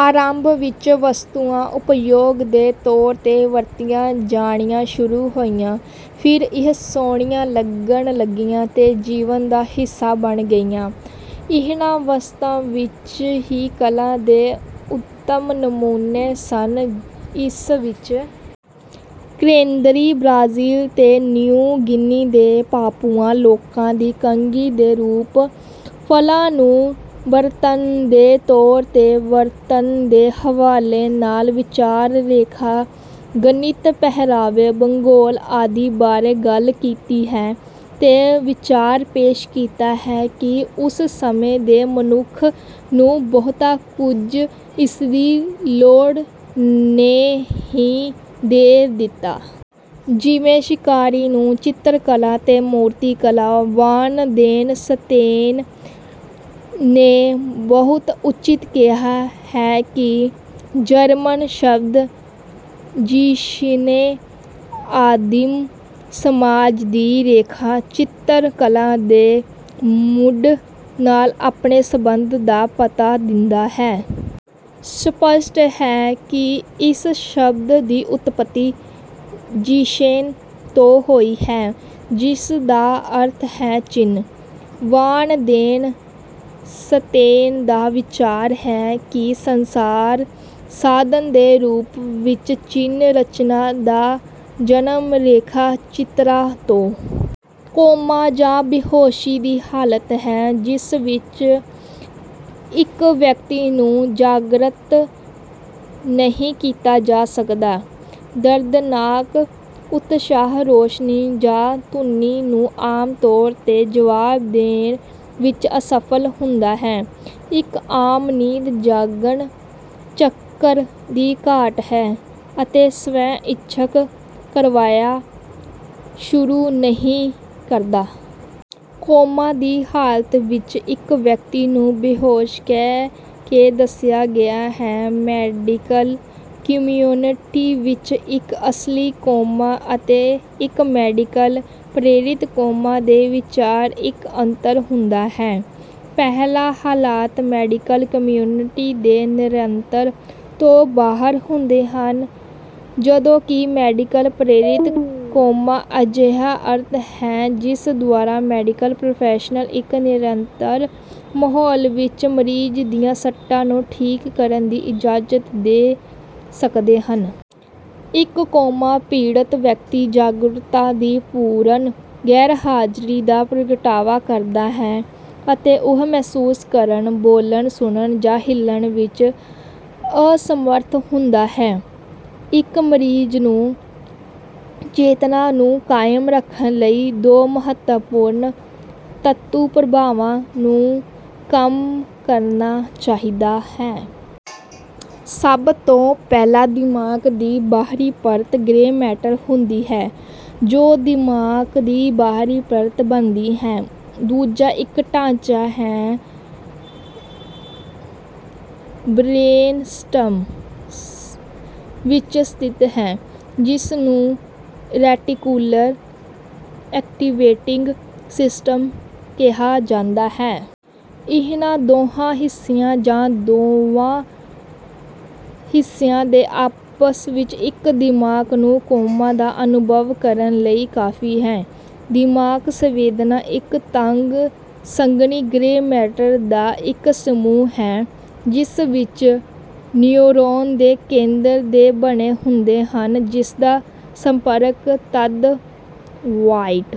ਆਰੰਭ ਵਿੱਚ ਵਸਤੂਆਂ ਉਪਯੋਗ ਦੇ ਤੌਰ ਤੇ ਵਰਤੀਆਂ ਜਾਣੀਆਂ ਸ਼ੁਰੂ ਹੋਈਆਂ ਫਿਰ ਇਹ ਸੋਹਣੀਆਂ ਲੱਗਣ ਲੱਗੀਆਂ ਤੇ ਜੀਵਨ ਦਾ ਹਿੱਸਾ ਬਣ ਗਈਆਂ। ਇਹਨਾਂ ਵਸਤਾਂ ਵਿੱਚ ਹੀ ਕਲਾ ਦੇ ਉੱਤਮ ਨਮੂਨੇ ਸਨ। ਇਸ ਵਿੱਚ ਕੇਂਦਰੀ ਬ੍ਰਾਜ਼ੀਲ ਤੇ ਨਿਊ ਗਿਨੀ ਦੇ ਪਾਪੂਆ ਲੋਕਾਂ ਦੀ ਕੰਘੀ ਦੇ ਰੂਪ ਫਲਾਂ ਨੂੰ ਬਰਤਨ ਦੇ ਤੌਰ ਤੇ ਵਰਤਣ ਦੇ ਹਵਾਲੇ ਨਾਲ ਵਿਚਾਰ ਰੇਖਾ ਗਣਿਤ ਪਹਿਰਾਵੇ ਭੂਗੋਲ ਆਦਿ ਬਾਰੇ ਗੱਲ ਕੀਤੀ ਹੈ ਤੇ ਵਿਚਾਰ ਪੇਸ਼ ਕੀਤਾ ਹੈ ਕਿ ਉਸ ਸਮੇਂ ਦੇ ਮਨੁੱਖ ਨੂੰ ਬਹੁਤਾ ਕੁਝ ਉਸਦੀ ਲੋੜ ਨੇ ਹੀ ਦੇ ਦਿੱਤਾ। ਜਿਵੇਂ ਸ਼ਿਕਾਰੀ ਨੂੰ ਚਿੱਤਰਕਲਾ ਤੇ ਮੂਰਤੀਕਲਾ। ਵਾਨ ਦੇਨ ਸਤੇਨੇਨ ਨੇ ਬਹੁਤ ਉਚਿਤ ਕਿਹਾ ਹੈ ਕਿ ਜਰਮਨ ਸ਼ਬਦ ਜ਼ੀਸ਼ਨੇਨ ਆਦਿਮ ਸਮਾਜ ਦੀ ਰੇਖਾ ਚਿੱਤਰ ਕਲਾ ਦੇ ਮੁੱਢ ਨਾਲ ਆਪਣੇ ਸੰਬੰਧ ਦਾ ਪਤਾ ਦਿੰਦਾ ਹੈ। ਸਪੱਸ਼ਟ ਹੈ ਕਿ ਇਸ ਸ਼ਬਦ ਦੀ ਉਤਪਤੀ ਜ਼ੀਸ਼ੇਨ ਤੋਂ ਹੋਈ ਹੈ ਜਿਸ ਦਾ ਅਰਥ ਹੈ ਚਿੰਨ੍ਹ। ਵਾਨ ਦੇਨ ਸਤੇਨੇਨ ਦਾ ਵਿਚਾਰ ਹੈ ਕਿ ਸੰਸਾਰ ਸਾਧਨ ਦੇ ਰੂਪ ਵਿੱਚ ਚਿੰਨ੍ਹ ਰਚਨਾ ਦਾ ਜਨਮ ਰੇਖਾ ਚਿੱਤਰਾਂ ਤੋਂ। ਕੋਮਾ ਜਾਂ ਬੇਹੋਸ਼ੀ ਦੀ ਹਾਲਤ ਹੈ ਜਿਸ ਵਿੱਚ ਇੱਕ ਵਿਅਕਤੀ ਨੂੰ ਜਾਗਰਤ ਨਹੀਂ ਕੀਤਾ ਜਾ ਸਕਦਾ। ਦਰਦਨਾਕ ਉਤਸ਼ਾਹ ਰੌਸ਼ਨੀ ਜਾਂ ਧੁਨੀ ਨੂੰ ਆਮ ਤੌਰ ਤੇ ਜਵਾਬ ਦੇਣ ਵਿੱਚ ਅਸਫਲ ਹੁੰਦਾ ਹੈ। ਇੱਕ ਆਮ ਨੀਂਦ ਜਾਗਣ ਚੱਕਰ ਦੀ ਘਾਟ ਹੈ ਅਤੇ ਸਵੈ ਇੱਛਕ ਕਾਰਵਾਈਆਂ ਸ਼ੁਰੂ ਨਹੀਂ ਕਰਦਾ। ਕੋਮਾ ਦੀ ਹਾਲਤ ਵਿੱਚ ਇੱਕ ਵਿਅਕਤੀ ਨੂੰ ਬੇਹੋਸ਼ ਕਹਿ ਕੇ ਦੱਸਿਆ ਗਿਆ ਹੈ। ਮੈਡੀਕਲ ਕਮਿਊਨਿਟੀ ਵਿੱਚ ਇੱਕ ਅਸਲੀ ਕੋਮਾ ਅਤੇ ਇੱਕ ਮੈਡੀਕਲ ਪ੍ਰੇਰਿਤ ਕੋਮਾ ਦੇ ਵਿਚਕਾਰ ਇੱਕ ਅੰਤਰ ਹੁੰਦਾ ਹੈ ਪਹਿਲਾ ਹਾਲਾਤ ਮੈਡੀਕਲ ਕਮਿਊਨਿਟੀ ਦੇ ਨਿਯੰਤਰਣ ਤੋਂ ਬਾਹਰ ਹੁੰਦੇ ਹਨ ਜਦੋਂ ਕਿ ਮੈਡੀਕਲ ਪ੍ਰੇਰਿਤ ਕੋਮਾ ਅਜਿਹਾ ਅਰਥ ਹੈ ਜਿਸ ਦੁਆਰਾ ਮੈਡੀਕਲ ਪ੍ਰੋਫੈਸ਼ਨਲ ਇੱਕ ਨਿਯੰਤਰਿਤ ਮਾਹੌਲ ਵਿੱਚ ਮਰੀਜ਼ ਦੀਆਂ ਸੱਟਾਂ ਨੂੰ ਠੀਕ ਕਰਨ ਦੀ ਇਜਾਜ਼ਤ ਦੇ ਸਕਦੇ ਹਨ। ਇੱਕ ਕੋਮਾ ਪੀੜਤ ਵਿਅਕਤੀ ਜਾਗਰੂਕਤਾ ਦੀ ਪੂਰਨ ਗੈਰਹਾਜ਼ਰੀ ਦਾ ਪ੍ਰਗਟਾਵਾ ਕਰਦਾ ਹੈ ਅਤੇ ਉਹ ਮਹਿਸੂਸ ਕਰਨ ਬੋਲਣ ਸੁਣਨ ਜਾਂ ਹਿੱਲਣ ਵਿੱਚ ਅਸਮਰਥ ਹੁੰਦਾ ਹੈ। ਇੱਕ ਮਰੀਜ਼ ਨੂੰ ਚੇਤਨਾ ਨੂੰ ਕਾਇਮ ਰੱਖਣ ਲਈ ਦੋ ਮਹੱਤਵਪੂਰਨ ਤੰਤੂ ਪ੍ਰਭਾਵਾਂ ਨੂੰ ਕੰਮ ਕਰਨਾ ਚਾਹੀਦਾ ਹੈ। ਸਭ ਤੋਂ ਪਹਿਲਾਂ ਦਿਮਾਗ ਦੀ ਬਾਹਰੀ ਪਰਤ ਗ੍ਰੇ ਮੈਟਰ ਹੁੰਦੀ ਹੈ ਜੋ ਦਿਮਾਗ ਦੀ ਬਾਹਰੀ ਪਰਤ ਬਣਦੀ ਹੈ। ਦੂਜਾ ਇੱਕ ਢਾਂਚਾ ਹੈ ਜੋ ਬ੍ਰੇਨਸਟੈਮ ਵਿੱਚ ਸਥਿਤ ਹੈ ਜਿਸ ਨੂੰ ਰੈਟੀਕੂਲਰ ਐਕਟੀਵੇਟਿੰਗ ਸਿਸਟਮ ਕਿਹਾ ਜਾਂਦਾ ਹੈ। ਇਹਨਾਂ ਦੋਹਾਂ ਹਿੱਸਿਆਂ ਜਾਂ ਦੋਵਾਂ ਹਿੱਸਿਆਂ ਦੇ ਆਪਸ ਵਿੱਚ ਇੱਕ ਦਿਮਾਗ ਨੂੰ ਕੋਮਾ ਦਾ ਅਨੁਭਵ ਕਰਨ ਲਈ ਕਾਫੀ ਹੈ। ਦਿਮਾਗ ਸੰਵੇਦਨਾ ਇੱਕ ਤੰਗ ਸੰਘਣੀ ਗ੍ਰੇ ਮੈਟਰ ਦਾ ਇੱਕ ਸਮੂਹ ਹੈ ਜਿਸ ਵਿੱਚ ਨਿਊਰੋਨ ਦੇ ਕੇਂਦਰ ਦੇ ਬਣੇ ਹੁੰਦੇ ਹਨ ਜਿਸਦਾ ਸੰਪਰਕ ਤਦ ਵ੍ਹਾਈਟ।